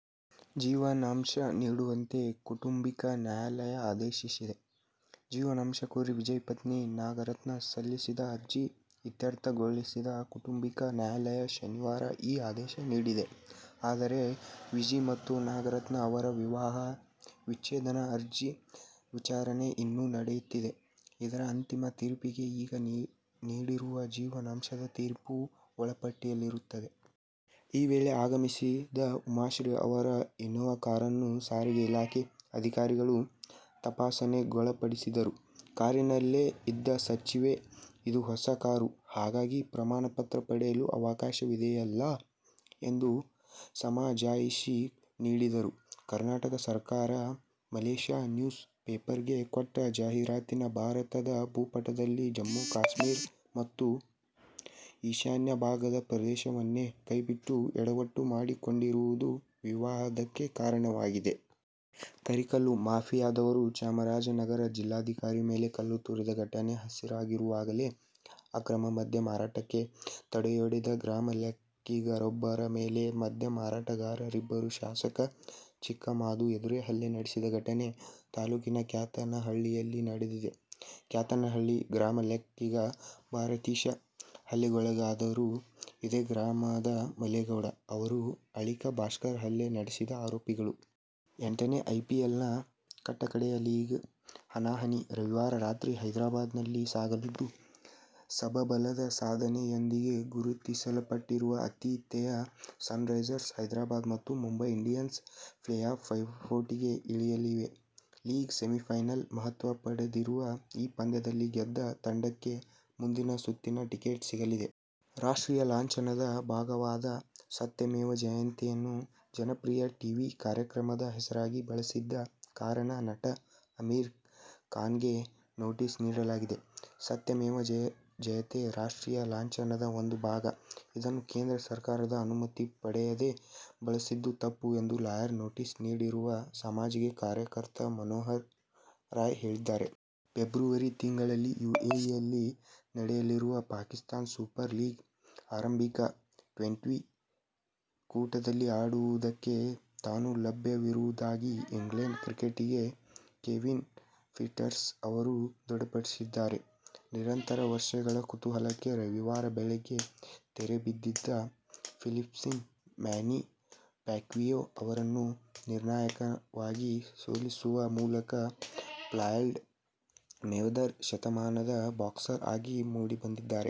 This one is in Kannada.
ಜೀವನಾಂಶ ನೀಡುವಂತೆ ಕೌಟುಂಬಿಕ ನ್ಯಾಯಾಲಯ ಆದೇಶಿಸಿದೆ. ಜೀವನಾಂಶ ಕೋರಿ ವಿಜಯ್ ಪತ್ನಿ ನಾಗರತ್ನ ಸಲ್ಲಿಸಿದ್ದ ಅರ್ಜಿ ಇತ್ಯರ್ಥಗೊಳಿಸಿದ ಕೌಟುಂಬಿಕ ನ್ಯಾಯಾಲಯ ಶನಿವಾರ ಈ ಆದೇಶ ನೀಡಿದೆ. ಆದರೆ ವಿಜಿ ಮತ್ತು ನಾಗರತ್ನ ಅವರ ವಿವಾಹ ವಿಚ್ಛೇದನ ಅರ್ಜಿ ವಿಚಾರಣೆ ಇನ್ನೂ ನಡೆಯುತ್ತಿದೆ. ಇದರ ಅಂತಿಮ ತೀರ್ಪಿಗೆ ಈಗ ನೀಡಿರುವ ಜೀವನಾಂಶದ ತೀರ್ಪು ಒಳಪಟ್ಟಿರುತ್ತದೆ. ಈ ವೇಳೆ ಆಗಮಿಸಿದ ಉಮಾಶ್ರೀ ಅವರ ಇನೋವಾ ಕಾರನ್ನು ಸಾರಿಗೆ ಇಲಾಖೆ ಅಧಿಕಾರಿಗಳು ತಪಾಸಣೆಗೊಳಪಡಿಸಿದರು. ಕಾರಿನಲ್ಲೇ ಇದ್ದ ಸಚಿವೆ, "ಇದು ಹೊಸ ಕಾರು. ಹಾಗಾಗಿ, ಪ್ರಮಾಣಪತ್ರ ಪಡೆಯಲು ಅವಕಾಶವಿದೆಯಲ್ಲಾ? ' ಎಂದು ಸಮಜಾಯಿಷಿ ನೀಡಿದರು. ಕರ್ನಾಟಕ ಸರ್ಕಾರ ಮಲೇಷ್ಯಾ ನ್ಯೂಸ್ ಪೇಪರ್ ಗೆ ಕೊಟ್ಟ ಜಾಹೀರಾತಿನ ಭಾರತದ ಭೂಪಟದಲ್ಲಿ ಜಮ್ಮು-ಕಾಶ್ಮೀರ ಮತ್ತು ಈಶಾನ್ಯ ಭಾಗದ ಪ್ರದೇಶವನ್ನೇ ಕೈಬಿಟ್ಟು ಯಡವಟ್ಟು ಮಾಡಿಕೊಂಡಿರುವುದು ವಿವಾದಕ್ಕೆ ಕಾರಣವಾಗಿದೆ. ಕರಿ ಕಲ್ಲು ಮಾಫಿಯಾದವರು ಚಾಮರಾಜನಗರ ಜಿಲ್ಲಾಧಿಕಾರಿ ಮೇಲೆ ಕಲ್ಲು ತೂರಿದ್ದ ಘಟನೆ ಹಸಿರಾಗಿರುವಾಗಲೇ, ಅಕ್ರಮ ಮದ್ಯ ಮಾರಾಟಕ್ಕೆ ತಡೆಯೊಡ್ಡಿದಗ್ರಾಮಲೆಕ್ಕಿಗರೊಬ್ಬರ ಮೇಲೆ ಮದ್ಯಮಾರಾಟಗಾರರಿಬ್ಬರು ಶಾಸಕ ಚಿಕ್ಕಮಾದು ಎದುರೇ ಹಲ್ಲೆ ನಡೆಸಿದ ಘಟನೆ ತಾಲೂಕಿನ ಕ್ಯಾತನಹಳ್ಳಿಯಲ್ಲಿ ನಡೆದಿದೆ. ಕ್ಯಾತನಹಳ್ಳಿ ಗ್ರಾಮಲೆಕ್ಕಿಗ ಭಾರತೀಶ ಹಲ್ಲೆಗೊಳಗಾದವರು. ಇದೇ ಗ್ರಾಮದ ಮಾಲೇಗೌಡ, ಅವರ ಅಳಿಕ ಭಾಸ್ಕರ್ ಹಲ್ಲೆ ನಡೆಸಿದ ಆರೋಪಿಗಳು. ಎಂಟನೇ ಐಪಿಎಲ್ನ ಕಟ್ಟಕಡೆಯ ಲೀಗ್ ಹಣಾಹಣಿ ರವಿವಾರ ರಾತ್ರಿ ಹೈದರಾಬಾದ್ ನಲ್ಲಿ ಸಾಗಲಿದ್ದು, ಸಬಬಲದ ಸಾಧನೆ ಯೊಂದಿಗೆ ಗುರುತಿಸಲ್ಪಟ್ಟಿರುವ ಆತಿ ಥೇಯ ಸನ್ರೈಸರ್ ಹೈದರಾಬಾದ್ ಮತ್ತು ಮುಂಬೈ ಇಂಡಿಯನ್ಸ್ ಪ್ಲೇ- ಆಫ್ ಪೈಪೋಟಿಗೆ ಇಳಿಯಲಿವೆ. "ಲೀಗ್ ಸೆಮಿಫೈನಲ್' ಮಹತ್ವ ಪಡೆದಿರುವ ಈ ಪಂದ್ಯದಲ್ಲಿ ಗೆದ್ದ ತಂಡಕ್ಕೆ ಮುಂದಿನ ಸುತ್ತಿನ ಟಿಕೆಟ್ ಸಿಗಲಿದೆ. ರಾಷ್ಟ್ರೀಯ ಲಾಂಛನದ ಭಾಗವಾದ "ಸತ್ಯಮೇವ ಜಯತೆ'ಯನ್ನು ಜನಪ್ರಿಯ ಟೀವಿ ಕಾರ್ಯಕ್ರಮದ ಹೆಸರಾಗಿ ಬಳಸಿದ್ದ ಕಾರಣ ನಟ ಅಮೀರ್ ಖಾನ್ಗೆ ನೋಟಿಸ್ ನೀಡಲಾಗಿದೆ. ಸತ್ಯಮೇವ ಜಯತೇ ರಾಷ್ಟ್ರೀಯ ಲಾಂಛನದ ಒಂದು ಭಾಗ, ಇದನ್ನು ಕೇಂದ್ರ ಸರ್ಕಾರದ ಅನುಮತಿ ಪಡೆಯದೇ ಬಳಸಿದ್ದು ತಪ್ಪು ಎಂದು ಲಾಯರ್ ನೋಟಿಸ್ ನೀಡಿರುವ ಸಾಮಾಜಿಕ ಕಾರ್ಯಕರ್ತ ಮನೋಹರ್ ರಾಯ್ ಹೇಳಿದ್ದಾರೆ. ಫೆಬ್ರವರಿ ತಿಂಗಳಲ್ಲಿ ಯುಎಇಯಲ್ಲಿ ನಡೆಯಲಿರುವ ಪಾಕಿಸ್ಥಾನ್ ಸೂಪರ್ ಲೀಗ್ನ ಆರಂಭಿಕ ಟ್ವೆಂಟಿ ಕೂಟದಲ್ಲಿ ಆಡುವುದಕ್ಕೆ ತಾನು ಲಭ್ಯವಿರುವುದಾಗಿ ಇಂಗ್ಲೆಂಡ್ನ ಕ್ರಿಕೆಟಿಗ ಕೆವಿನ್ ಪೀಟರ್ಸನ್ ಅವರು ದೃಢಪಡಿಸಿದ್ದಾರೆ. ನಿರಂತರ ವರ್ಷಗಳ ಕುತೂಹಲಕ್ಕೆ ರವಿವಾರ ಬೆಳಗ್ಗೆ ತೆರೆಬಿದ್ದಿದೆ. ಫಿಲಿಪ್ಪೀನ್ಸ್ನ ಮ್ಯಾನಿ ಪ್ಯಾಕ್ವಿಯೋ ಅವರನ್ನು ನಿರ್ಣಾಯಕವಾಗಿ ಸೋಲಿಸುವ ಮೂಲಕ ಫ್ಲಾಯ್ಡ ಮೇವೆದರ್ ಶತಮಾನದ ಬಾಕ್ಸರ್ ಆಗಿ ಮೂಡಿಬಂದಿದ್ದಾರೆ.